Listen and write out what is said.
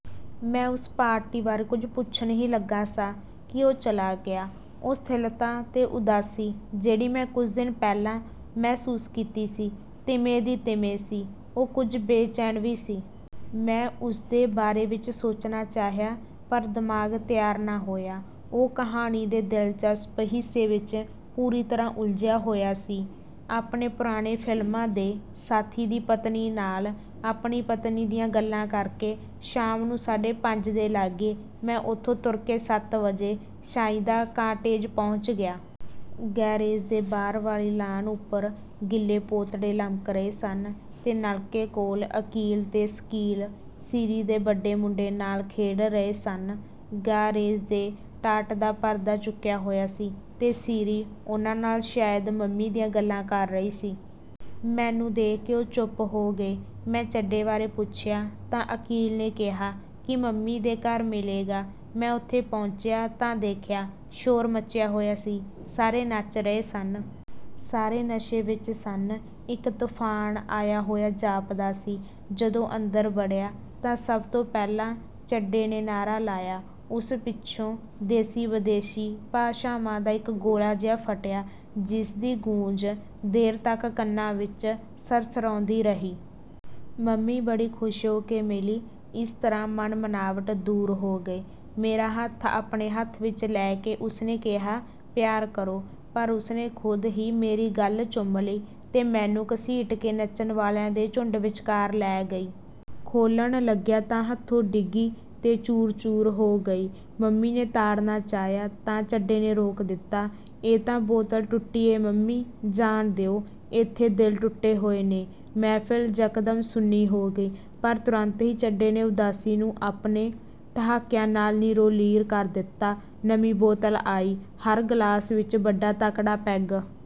ਮੈਂ ਉਸ ਪਾਰਟੀ ਬਾਰੇ ਕੁਝ ਪੁੱਛਣ ਹੀ ਲੱਗਾ ਸਾਂ ਕਿ ਉਹ ਚਲਾ ਗਿਆ। ਉਹ ਸਿੱਥਲਤਾ ਤੇ ਉਦਾਸੀ ਜਿਹੜੀ ਮੈਂ ਕੁਝ ਦਿਨ ਪਹਿਲਾਂ ਮਹਿਸੂਸ ਕੀਤੀ ਸੀ, ਤਿਵੇਂ ਦੀ ਤਿਵੇਂ ਸੀ। ਉਹ ਕੁਝ ਬੇਚੈਨ ਵੀ ਸੀ। ਮੈਂ ਉਸਦੇ ਬਾਰੇ ਵਿਚ ਸੋਚਣਾ ਚਾਹਿਆ, ਪਰ ਦਿਮਾਗ ਤਿਆਰ ਨਾ ਹੋਇਆ। ਉਹ ਕਹਾਣੀ ਦੇ ਦਿਲਚਸਪ ਹਿੱਸੇ ਵਿਚ ਪੂਰੀ ਤਰ੍ਹਾਂ ਉਲਝਿਆ ਹੋਇਆ ਸੀ। ਆਪਣੇ ਪੁਰਾਣੇ ਫਿਲਮਾਂ ਦੇ ਸਾਥੀ ਦੀ ਪਤਨੀ ਨਾਲ ਆਪਣੀ ਪਤਨੀ ਦੀਆਂ ਗੱਲਾਂ ਕਰਕੇ ਸ਼ਾਮ ਨੂੰ ਸਾਢੇ ਪੰਜ ਦੇ ਲਾਗੇ ਮੈਂ ਉੱਥੋਂ ਤੁਰ ਕੇ ਸੱਤ ਵਜੇ ਸਈਦਾ ਕਾਟੇਜ ਪਹੁੰਚ ਗਿਆ। ਗੈਰੇਜ ਦੇ ਬਾਹਰ ਵਾਲੀ ਲਾਅਨ ਉਪਰ ਗਿੱਲੇ ਪੋਤੜੇ ਲਮਕ ਰਹੇ ਸਨ ਤੇ ਨਲਕੇ ਕੋਲ ਅਕੀਲ ਤੇ ਸਕੀਲ ਸੀਰੀਂ ਦੇ ਵੱਡੇ ਮੁੰਡੇ ਨਾਲ ਖੇਡ ਰਹੇ ਸਨ। ਗੈਰੇਜ ਦੇ ਟਾਟ ਦਾ ਪਰਦਾ ਚੁੱਕਿਆ ਹੋਇਆ ਸੀ ਤੇ ਸੀਰੀਂ ਉਹਨਾਂ ਨਾਲ ਸ਼ਾਇਦ ਮੰਮੀ ਦੀਆਂ ਗੱਲਾਂ ਕਰ ਰਹੀ ਸੀ। ਮੈਨੂੰ ਦੇਖ ਕੇ ਉਹ ਚੁੱਪ ਹੋ ਗਏ। ਮੈਂ ਚੱਡੇ ਬਾਰੇ ਪੁੱਛਿਆ ਤਾਂ ਅਕੀਲ ਨੇ ਕਿਹਾ ਕਿ ਮੰਮੀ ਦੇ ਘਰ ਮਿਲੇਗਾ। ਮੈਂ ਉੱਥੇ ਪਹੁੰਚਿਆ ਤਾਂ ਦੇਖਿਆ, ਸ਼ੋਰ ਮੱਚਿਆ ਹੋਇਆ ਸੀ ਸਾਰੇ ਨੱਚ ਰਹੇ ਸਨ। ਸਾਰੇ ਨਸ਼ੇ ਵਿਚ ਸਨ। ਇਕ ਤੂਫਾਨ ਆਇਆ ਹੋਇਆ ਜਾਪਦਾ ਸੀ। ਜਦੋਂ ਅੰਦਰ ਵੜਿਆ ਤਾਂ ਸਭ ਤੋਂ ਪਹਿਲਾਂ ਚੱਡੇ ਨੇ ਨਾਅਰਾ ਲਾਇਆ। ਉਸ ਪਿੱਛੋਂ ਦੇਸੀ ਵਿਦੇਸ਼ੀ ਭਾਸ਼ਾਵਾਂ ਦਾ ਇਕ ਗੋਲਾ ਜਿਹਾ ਫੱਟਿਆ, ਜਿਸ ਦੀ ਗੂੰਜ ਦੇਰ ਤਕ ਕੰਨਾਂ ਵਿਚ ਸਰਸਰਾਉਂਦੀ ਰਹੀ। ਮੰਮੀ ਬੜੀ ਖੁਸ਼ ਹੋ ਕੇ ਮਿਲੀ। ਇਸ ਤਰ੍ਹਾਂ ਮਨਮਟਾਵ ਦੂਰ ਹੋ ਗਏ। ਮੇਰਾ ਹੱਥ ਆਪਣੇ ਹੱਥ ਵਿਚ ਲੈ ਕੇ ਉਸਨੇ ਕਿਹਾ, ਪਿਆਰ ਕਰੋ! " ਪਰ ਉਸਨੇ ਖ਼ੁਦ ਹੀ ਮੇਰੀ ਗੱਲ੍ਹ ਚੁੰਮ ਲਈ ਤੇ ਮੈਨੂੰ ਘਸੀਟ ਕੇ ਨੱਚਣ ਵਾਲਿਆਂ ਦੇ ਝੂੰਡ ਵਿਚਕਾਰ ਲੈ ਗਈ। ਖੋਹਲਣ ਲੱਗਿਆ ਤਾਂ ਹੱਥੋਂ ਡਿੱਗੀ ਤੇ ਚੂਰ-ਚੂਰ ਹੋ ਗਈ। ਮੰਮੀ ਨੇ ਤਾੜਨਾਂ ਚਾਹਿਆ ਤਾਂ ਚੱਡੇ ਨੇ ਰੋਕ ਦਿੱਤਾ, "ਇਹ ਤਾਂ ਬੋਤਲ ਟੁੱਟੀ ਏ ਮੰਮੀ, ਜਾਣ ਦਿਓ, ਏਥੇ ਦਿਲ ਟੁੱਟੇ ਹੋਏ ਨੇ। " ਮਹਿਫ਼ਿਲ ਯਕਦਮ ਸੁੰਨੀ ਹੋ ਗਈ, ਪਰ ਤੁਰੰਤ ਹੀ ਚੱਡੇ ਨੇ ਉਦਾਸੀ ਨੂੰ ਆਪਣੇ ਠਹਾਕਿਆਂ ਨਾਲ ਲੀਰੋ-ਲੀਰ ਕਰ ਦਿੱਤਾ। ਨਵੀਂ ਬੋਤਲ ਆਈ। ਹਰ ਗਲਾਸ ਵਿਚ ਵੱਡਾ ਤਕੜਾ ਪੈਗ